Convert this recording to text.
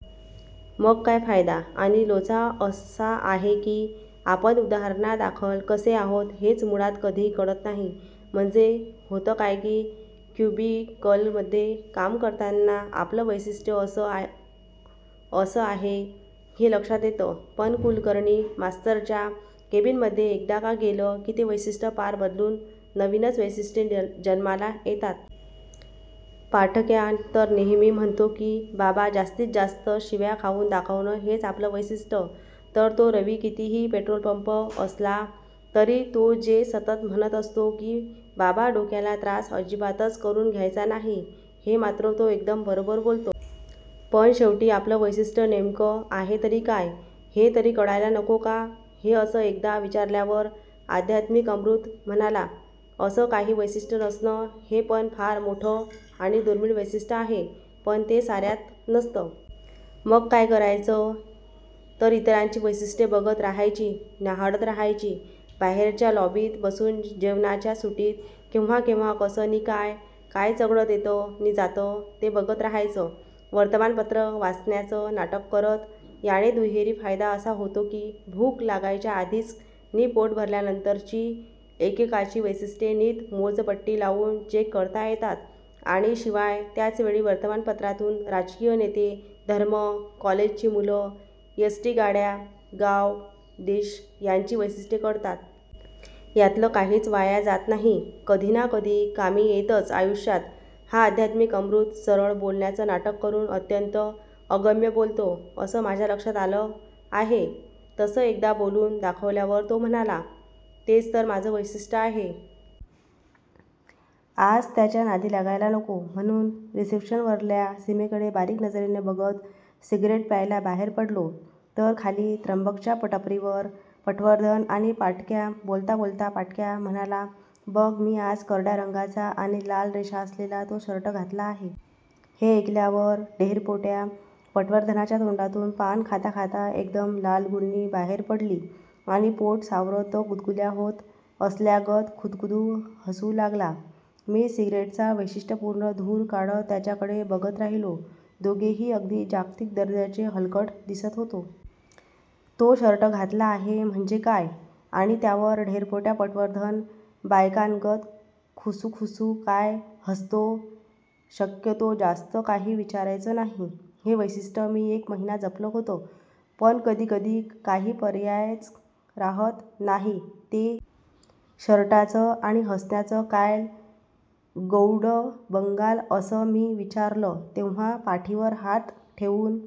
मग काय फायदा? आणि लोचा असा आहे, की आपण उदाहरणादाखल कसे आहोत हेच मुळात कधी कळत नाही. म्हणजे होतं काय की क्युबिकलमध्ये काम करताना आपलं वैशिष्ठ्य असं असं आहे, हे लक्षात येतं, पण कुलकर्णी मास्तरच्या केबिनमध्ये एकदा का गेलं, की ते वैशिष्ठ्य पार बदलून नवीनच वैशिष्ठ्ये जन्माला येतात. पाठक्या तर नेहमी म्हणतो की बाबा, जास्तीत जास्त शिव्या खाऊन दाखवणं हेच आपलं वैशिष्ठ्य. तर तो रवी कितीही पेट्रोलपंप असला, तरी तो जे सतत म्हणत असतो, की बाबा डोक्याला त्रास अजिबातच करून घ्यायचा नाही, हे मात्र तो एकदमच बरोबर बोलतो. पण शेवटी आपलं वैशिष्ठ्य नेमकं आहे तरी काय, हे तरी कळायला नको का? हे असं एकदा विचारल्यावर अध्यात्मिक अमृत म्हणाला- असं काहीच वैशिष्ठ्य नसणं हे पण फार मोठं आणि दुर्मिळ वैशिष्ठ्य आहे. पण ते सार्यांत नसतं. मग काय करायचं? तर इतरांची वैशिष्ठ्ये बघत राहायची न्याहाळत राहायची. बाहेरच्या लॉबीत बसून जेवणाच्या सुटीत केव्हा केव्हा कसं नि काय काय चघळत येतं नि जातं, ते बघत राहायचं, वर्तमानपत्रं वाचण्याचं नाटक करत. याने दुहेरी फायदा असा होतो, की भूक लागायच्या आधीची नि पोट भरल्यानंतरची एकेकाची वैशिष्ठ्ये नीट मोजपट्टी लावून चेक करता येतात, आणि शिवाय त्याचवेळी वर्तमानपत्रातून राजकीय नेते, धर्म, कॉलेजची मुलं, एस्टीगाड्या, गावं, देश यांची वैशिष्ठ्ये कळतात. यातलं काहीच वाया जात नाही. कधी ना कधी कामी येतंच आयुष्यात. हा अध्यात्मिक अमृत सरळ बोलण्याचं नाटक करून अत्यंत अगम्य बोलतो असं माझ्या लक्षात आलं आहे. तसं एकदा बोलून दाखवल्यावर तो म्हणाला- तेच तर माझं वैशिष्ठ्य आहे. आज त्याच्या नादी लागायला नको, म्हणून रिसेप्शनवरल्या सीमेकडे बारीक नजरेने बघत सिग्रेट प्यायला बाहेर पडलो, तर खाली त्रिंबकच्या टपरीवर पटवर्धन आणि पाठक्या. बोलता बोलता पाठक्या म्हणाला बघ मी आज करड्या रंगाचा आणि लाल रेषा असलेला 'तो' शर्ट घातला आहे. हे ऐकल्यावर ढेरपोट्या पटवर्धनाच्या तोंडातून पान खाता खाता एकदम लाल गुळणी बाहेर पडली, आणि पोट सावरत तो गुदगुल्या होत असल्यागत खुदूखुदू हसू लागला. मी सिग्रेटचा वैशिष्ठ्यपूर्ण धूर काढत त्यांच्याकडे बघत राहिलो. दोघेही अगदी जागतिक दर्जाचे हलकट दिसत होते. 'तो' शर्ट घातला आहे म्हणजे काय? आणि त्यावर ढेरपोट्या पटवर्धन बायकांगत खुसूखुसू काय हसतो? शक्यतो जास्त काही विचारायचं नाही- हे वैशिष्ठ्य मी एक महिना जपलं होतं. पण कधीकधी काही पर्यायच राहत नाही. ते शर्टाचं आणि हसण्याचं काय गौडबंगाल- असं मी विचारलं तेव्हा पाठीवर हात ठेऊन